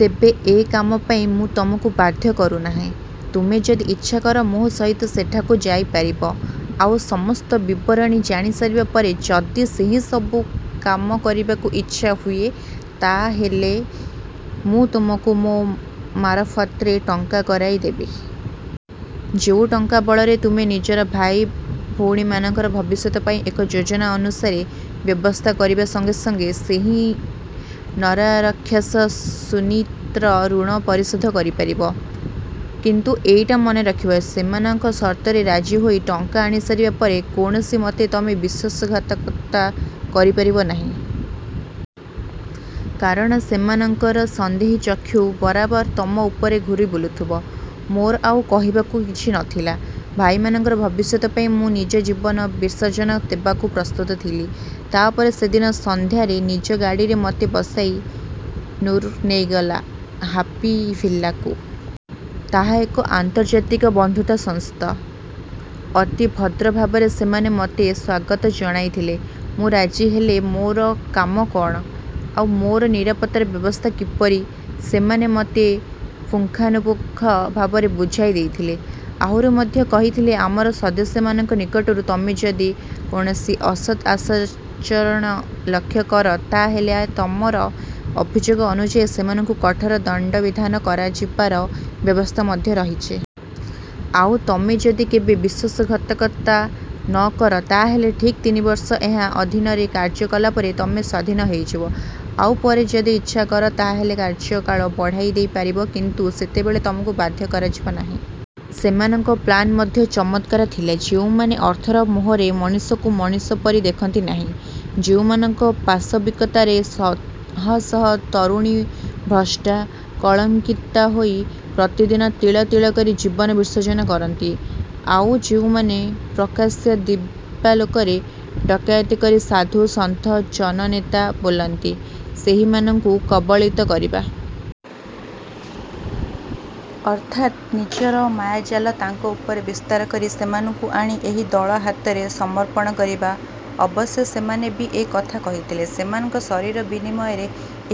ତେବେ ଏ କାମ ପାଇଁ ମୁଁ ତୁମକୁ ବାଧ୍ୟ କରୁନାହିଁ। ତୁମେ ଯଦି ଇଚ୍ଛା କର, ମୋ ସହିତ ସେଠାକୁ ଯାଇପାରିବ। ଆଉ ସମସ୍ତ ବିବରଣୀ ଜାଣିସାରିବା ପରେ ଯଦି ସେହିସବୁ କାମ କରିବାକୁ ଇଚ୍ଛା ହୁଏ, ତା ହେଲେ ମୁଁ ତୁମକୁ ମୋ ମାରଫତରେ ଟଙ୍କା କରାଇ ଦେବି। ଯେଉ ଟଙ୍କା ବଳରେ ତୁମେ ନିଜର ଭାଇ, ଭଉଣୀମାନଙ୍କର ଭବିଷ୍ୟତ ପାଇଁ ଏକ ଯୋଜନା ଅନୁସାରେ ବ୍ୟବସ୍ଥା କରିବା ସଙ୍ଗେ ସଙ୍ଗେ ସେହି ନରରାକ୍ଷସ ସୁନୀତ୍ ର ଋଣ ପରିଶୋଧ କରିପାରିବ। କିନ୍ତୁ ଏଇଟା ମନେ ରଖିବ ସେମାନଙ୍କ ସର୍ତ୍ତରେ ରାଜି ହୋଇ ଟଙ୍କା ଆଣିସାରିବା ପରେ କୌଣସିମତେ ତମେ ବିଶ୍ୱାସଘାତକତା କରିପାରିବ ନାହିଁ। କାରଣ ସେମାନଙ୍କର ସନ୍ଦେହୀ ଚକ୍ଷୁ ବରାବର ତମ ଉପରେ ଘୂରି ବୁଲୁଥିବ। ମୋର ଆଉ କହିବାକୁ କିଛି ନଥିଲା। ଭାଇମାନଙ୍କ ଭବିଷ୍ୟତ ପାଇଁ ମୁଁ ନିଜ ଜୀବନ ବିସର୍ଜନ ଦେବାକୁ ପ୍ରସ୍ତୁତ ଥିଲି। ତା ପରେ ସେଦିନ ସନ୍ଧ୍ୟାରେ ନିଜ ଗାଡ଼ିରେ ମୋତେ ବସାଇ ନୁରୁ ନେଇଗଲା ହାପି ଭିଲ୍ଲା କୁ। ତାହା ଏକ ଆନ୍ତର୍ଜାତିକ ବନ୍ଧୁତ୍ୱ ସଂସ୍ଥା। ଅତି ଭଦ୍ର ଭାବରେ ସେମାନେ ମୋତେ ସ୍ୱାଗତ ଜଣାଇଥିଲେ। ମୁଁ ରାଜି ହେଲେ ମୋର କାମ କଣ? ଆଉ ମୋର ନିରାପତ୍ତାର ବ୍ୟବସ୍ଥା କିପରି? ସେମାନେ ମୋତେ ପୁଙ୍ଖାନୁପୁଙ୍ଖ ଭାବରେ ବୁଝାଇ ଦେଇଥିଲେ। ଆହୁରି ମଧ୍ୟ କହିଥିଲେ ଆମର ସଦସ୍ୟମାନଙ୍କ ନିକଟରୁ ତମେ ଯଦି କୌଣସି ଅସଦ୍ ଆସଚରଣ ଲକ୍ଷ୍ୟ କର ତା ହେଲେ ତମର ଅଭିଯୋଗ ଅନୁଯାୟୀ ସେମାନଙ୍କୁ କଠୋର ଦଣ୍ଡବିଧାନ କରାଯିବାର ବ୍ୟବସ୍ଥା ମଧ୍ୟ ରହିଛି। ଆଉ ତମେ ଯଦି କେବେ ବିଶ୍ୱାସଘାତକତା ନ କର ତା ହେଲେ ଠିକ୍ ତିନି ବର୍ଷ ଏହା ଅଧୀନରେ କାର୍ଯ୍ୟ କଲାପରେ ତମେ ସ୍ୱାଧୀନ ହେଇଯିବ। ଆଉ ପରେ ଯଦି ଇଚ୍ଛା କର ତା ହେଲେ କାର୍ଯ୍ୟକାଳ ବଢ଼ାଇ ଦେଇପାରିବ। କିନ୍ତୁ ସେତେବେଳେ ତମକୁ ବାଧ୍ୟ କରାଯିବ ନାହିଁ। ସେମାନଙ୍କ ପ୍ଲାନ୍ ମଧ୍ୟ ଚମତ୍କାର ଥିଲା। ଯେଉଁମାନେ ଅର୍ଥର ମୋହରେ ମଣିଷକୁ ମଣିଷ ପରି ଦେଖନ୍ତି ନାହିଁ। ଯେଉଁମାନଙ୍କ ପାଶବିକତାରେ ଶହ ଶହ ତରୁଣୀ ଭ୍ରଷ୍ଟା, କଳଙ୍କିତା ହୋଇ ପ୍ରତିଦିନ ତିଳ ତିଳ କରି ଜୀବନ ବିସର୍ଜନ କରନ୍ତି। ଆଉ ଯେଉଁମାନେ ପ୍ରକାଶ୍ୟ ଦିବାଲୋକରେ ଡକାୟତି କରି ସାଧୁ, ସନ୍ଥ, ଜନନେତା ବୋଲାନ୍ତି ସେହିମାନଙ୍କୁ କବଳିତ କରିବା। ଅର୍ଥାତ୍ ନିଜର ମାୟାଜାଲ ତାଙ୍କ ଉପରେ ବିସ୍ତାର କରି ସେମାନଙ୍କୁ ଆଣି ଏହି ଦଳ ହାତରେ ସମର୍ପଣ କରିବା। ଅବଶ୍ୟ ସେମାନେ ବି ଏ କଥା କହିଥିଲେ ସେମାନଙ୍କ ଶରୀର ବିନିମୟରେ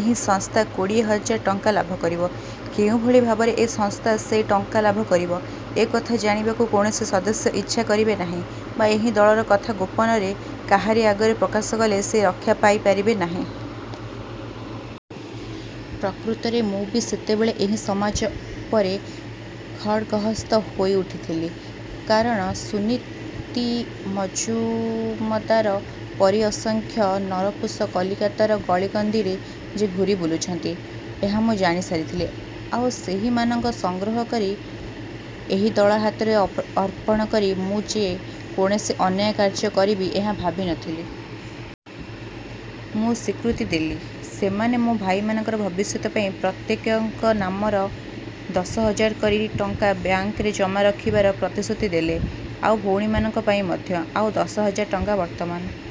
ଏହି ସଂସ୍ଥା କୋଡ଼ିଏ ହଜାର ଟଙ୍କା ଲାଭ କରିବ। କେଉଁଭଳି ଭାବରେ ଏ ସଂସ୍ଥା ସେ ଟଙ୍କା ଲାଭ କରିବ। ଏ କଥା ଜାଣିବାକୁ କୌଣସି ସଦସ୍ୟା ଇଚ୍ଛା କରିବେ ନାହିଁ ବା ଏହି ଦଳର କଥା ଗୋପନରେ କାହାରି ଆଗରେ ପ୍ରକାଶ କଲେ ସେ ରକ୍ଷା ପାଇପାରିବେ ନାହିଁ। ପ୍ରକୃତରେ ମୁଁ ବି ସେତେବେଳେ ଏହି ସମାଜ ଉପରେ ଖଡ୍‌ଗହସ୍ତ ହୋଇଉଠିଥିଲି। କାରଣ ସୁନୀତି ମଜୁଉମଦାର ପରି ଅସଂଖ୍ୟ ନରପୁଶ କଲିକତାର ଗଳିକନ୍ଦିରେ ଯେ ଘୂରି ବୁଲୁଛନ୍ତି ଏହା ମୁଁ ଜାଣିସାରିଥିଲି। ଆଉ ସେହିମାନଙ୍କ ସଂଗ୍ରହ କରି ଏହି ଦଳ ହାତରେ ଅଅର୍ପଣ କରି ମୁଁ ଯେ କୌଣସି ଅନ୍ୟାୟ କାର୍ଯ୍ୟ କରିବି ଏହା ଭାବିନଥିଲି। ମୁଁ ସ୍ୱୀକୃତି ଦେଲି। ସେମାନେ ମୋ ଭାଇମାନଙ୍କର ଭବିଷ୍ୟତ ପାଇଁ ପ୍ରତ୍ୟେକଙ୍କ ନାମର ଦଶ ହଜାର କରି ଟଙ୍କା ବ୍ୟାଙ୍କରେ ଜମା ରଖିବାର ପ୍ରତିଶ୍ରୁତି ଦେଲେ। ଆଉ ଭଉଣୀମାନଙ୍କ ପାଇଁ ମଧ୍ୟ। ଆଉ ଦଶ ହଜାର ଟଙ୍କା ବର୍ତ୍ତମାନ